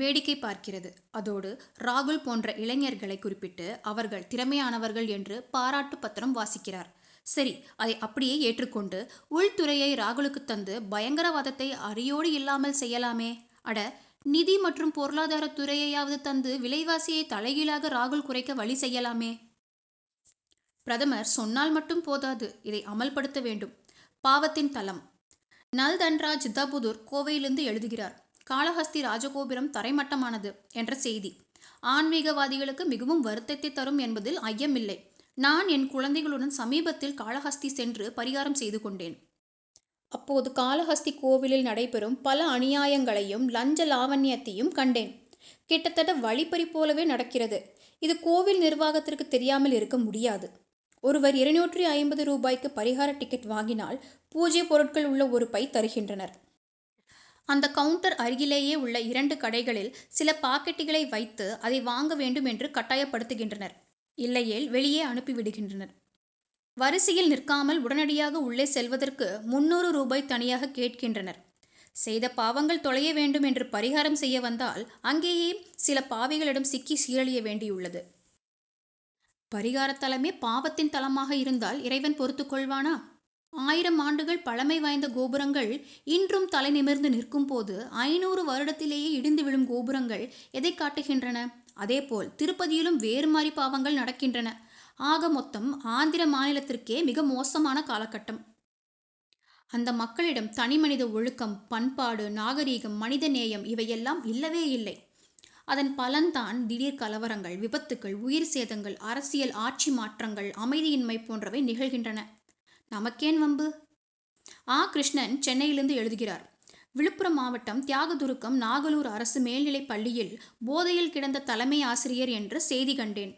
வேடிக்கை பார்க்கிறது. அதோடு, ராகுல் போன்ற இளைஞர்களை குறிப் பிட்டு, அவர்கள் திறமையானவர்கள் என்று பாராட்டு பத்திரம் வாசிக்கிறார். சரிஅதை அப்படியே ஏற்றுக் கொண்டு, உள்துறையை ராகுலுக்கு தந்து, பயங்கரவாதத்தை அடியோடு இல்லாமல் செய்யலாமே! அட, நிதி மற்றும் பொருளாதார துறையையாவது தந்து, விலைவாசியை தலைகீழாக ராகுல் குறைக்க வழி செய்யலாமே! பிரதமர், சொன்னால் மட்டும் போதாது; இதை அமல்படுத்த வேண்டும். பாவத்தின் தலம்! நல். தன்ராஜ், சித்தாபுதூர், கோவையிலிருந்து எழுதுகிறார் காளஹஸ்தி ராஜகோபுரம் தரை மட்டமானது என்ற செய்தி, ஆன்மிகவாதிகளுக்கு மிகவும் வருத்தத்தை தரும் என்பதில் ஐயமில்லை. நான், என் குழந்தைகளுடன், சமீபத்தில் காளஹஸ்தி சென்று, பரிகாரம் செய்து கொண்டேன். அப்போது, காளஹஸ்தி கோவிலில் நடைபெறும், பல அநியாயங்களையும், லஞ்ச லாவண்யத்தையும் கண் டேன்; கிட்டத்தட்ட வழிப் பறி போலவே நடக்கிறது. இது, கோவில் நிர்வாகத்திற்கு தெரியாமல் இருக்க முடியாது. ஒருவர் இருநூற்று ஐம்பது ரூபாய்க்கு பரிகார டிக்கெட் வாங்கினால், பூஜை பொருட்கள் உள்ள ஒரு பை தருகின்றனர். அந்த கவுன்டர் அருகிலேயே உள்ள இரண்டு கடைகளில், சில பாக்கெட்டுகளை வைத்து, அதை வாங்க வேண்டும் என்று கட்டாயப் படுத்துகின்றனர். இல்லையேல் வெளியே அனுப்பி விடுகின்றனர். வரிசையில் நிற்காமல் உடனடியாக உள்ளே செல்வதற்கு, முன்னூறு ரூபாய் தனியாக கேட்கின்றனர். செய்த பாவங்கள் தொலைய வேண்டும் என்று பரிகாரம் செய்ய வந்தால், அங்கேயும் பல பாவிகளிடம் சிக்கி சீரழிய வேண்டியுள்ளது. பரிகாரத்தலமே, பாவத்தின் தலமாக இருந் தால், இறைவன் பொறுத்துக் கொள்வானா? ஆயிரம் ஆண்டுகள் பழமை வாய்ந்த கோபுரங்கள், இன்றும் தலை நிமிர்ந்து நிற்கும் போது, ஐந்நூறு வருடத்திலேயே இடிந்து விழும் கோபுரங்கள், எதைக் காட்டுகின்றன? அதேபோல், திருப்பதியிலும் வேறுமாதிரி பாவங்கள் நடக்கின்றன. ஆகமொத்தம், ஆந்திர மாநிலத்திற்கே, மிக மோசமான காலகட்டம். அந்த மக்களிடம், தனிமனித ஒழுக்கம், பண்பாடு, நாகரிகம், மனித நேயம் இவையெல்லாம் இல்லவேயில்லை. அதன் பலன் தான், திடீர் கலவரங்கள், விபத்துகள், உயிர் சேதங்கள், அரசியல் ஆட்சி மாற்றங்கள், அமைதியின்மை போன்றவை நிகழ்கின்றன. நமக்கேன் வம்பு! ஆ. கிருஷ்ணன், சென்னையிலிருந்து எழுதுகிறார் விழுப்புரம் மாவட்டம் தியாகதுருகம் நாகலூர் அரசு மேல்நிலைப்பள்ளியில் போதையில் கிடந்த தலைமை ஆசிரியர் என்ற செய்தி கண்டேன்.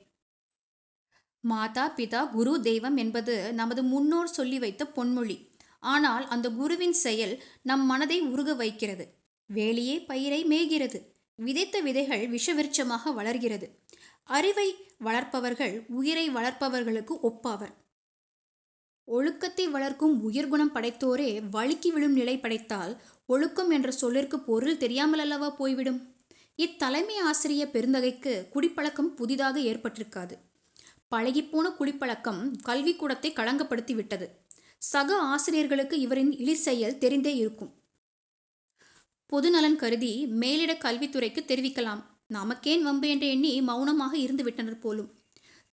மாதா, பிதா, குரு, தெய்வம் என் பது, நமது முன்னோர் சொல்லி வைத்த பொன் மொழி. ஆனால், இந்த குருவின் செயல், நம் மனதை உருக வைக்கிறது. வேலியே பயிரை மேய்கிறது; விதைத்த விதைகள் விஷ விருட்சமாக வளர்கிறது. அறிவை வளர்ப்பவர்கள், உயிரை வளர்ப்பவர்களுக்கு ஒப்பாவர். ஒழுக்கத்தை வளர்க்கும் உயர் குணம் படைத்தோரே, வழுக்கி விழும் நிலை படைத்தால், ஒழுக்கம் என்ற சொல்லிற்கு பொருள் தெரியாமலல்லவா போய்விடும். இத்தலைமை ஆசிரிய பெருந்தகைக்கு குடிப்பழக்கம் புதிதாக ஏற்பட்டிருக்காது. பழகிப்போன குடிப் பழக்கம், கல்விக்கூடத்தை களங்கப்படுத்தி விட்டது. சக ஆசிரியர்களுக்கு, இவரின் இழிசெயல் தெரிந்தே இருக்கும். பொதுநலன் கருதி, மேலிட கல்வித்துறைக்கு தெரிவித்திருக்கலாம். நமக்கேன் இந்த வம்பென எண்ணி, மவுனமாக இருந்து விட்டனர் போலும்.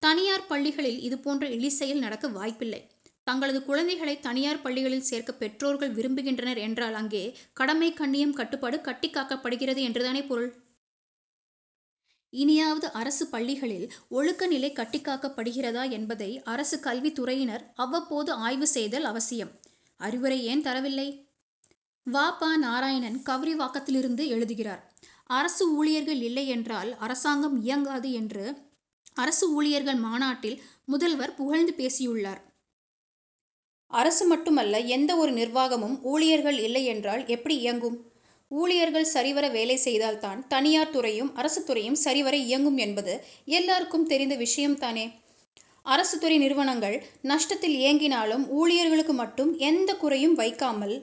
தனியார் பள்ளிகளில், இதுபோன்ற இழிசெயல் நடக்க வாய்ப்பில்லை. தங்களது குழந்தைகளை, தனியார் பள்ளிகளில் சேர்க்க பெற்றோர் விரும்புகின்றனர் என்றால், அங்கே கடமை, கண்ணியம், கட்டுப்பாடு கட்டி காக்கப்படுகிறது என்று தானே பொருள். இனியாவது அரசு பள்ளிகளில், ஒழுக்க நிலை கட்டிக் காக்கப்படுகிறதா என்பதை, அரசு கல்வித்துறையினர், அவ்வப்போது ஆய்வு செய்தல் அவசியம். அறிவுரை ஏன் தரவில்லை? வ. ப. நாராயணன், கவுரிவாக்கத்திலிருந்து எழுதுகிறார் அரசு ஊழியர்கள் இல்லையென்றால், அரசாங்கம் இயங்காது என்று அரசு ஊழியர்கள் மாநாட்டில், முதல்வர் புகழ்ந்து பேசியுள்ளார். அரசு மட்டுமல்ல, எந்தவொரு நிர்வாகமும், ஊழியர்கள் இல்லையென்றால் எப்படி இயங்கும்? ஊழியர்கள் சரிவர வேலை செய்தால் தான், தனியார் துறையும், அரசுத்துறையும் சரி வர இயங்கும் என்பது எல்லாருக்கும் தெரிந்த விஷயம் தானே! அரசுத்துறை நிறுவனங்கள் நஷ்டத்தில் இயங்கினாலும், ஊழியர்களுக்கு மட்டும் எந்த குறையும் வைக்காமல்,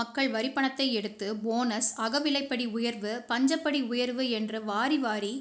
மக்கள் வரிப்பணத்தை எடுத்து, போனஸ், அகவிலைப்படி உயர்வு, பஞ்சப்படி உயர்வு என்று வாரி வாரி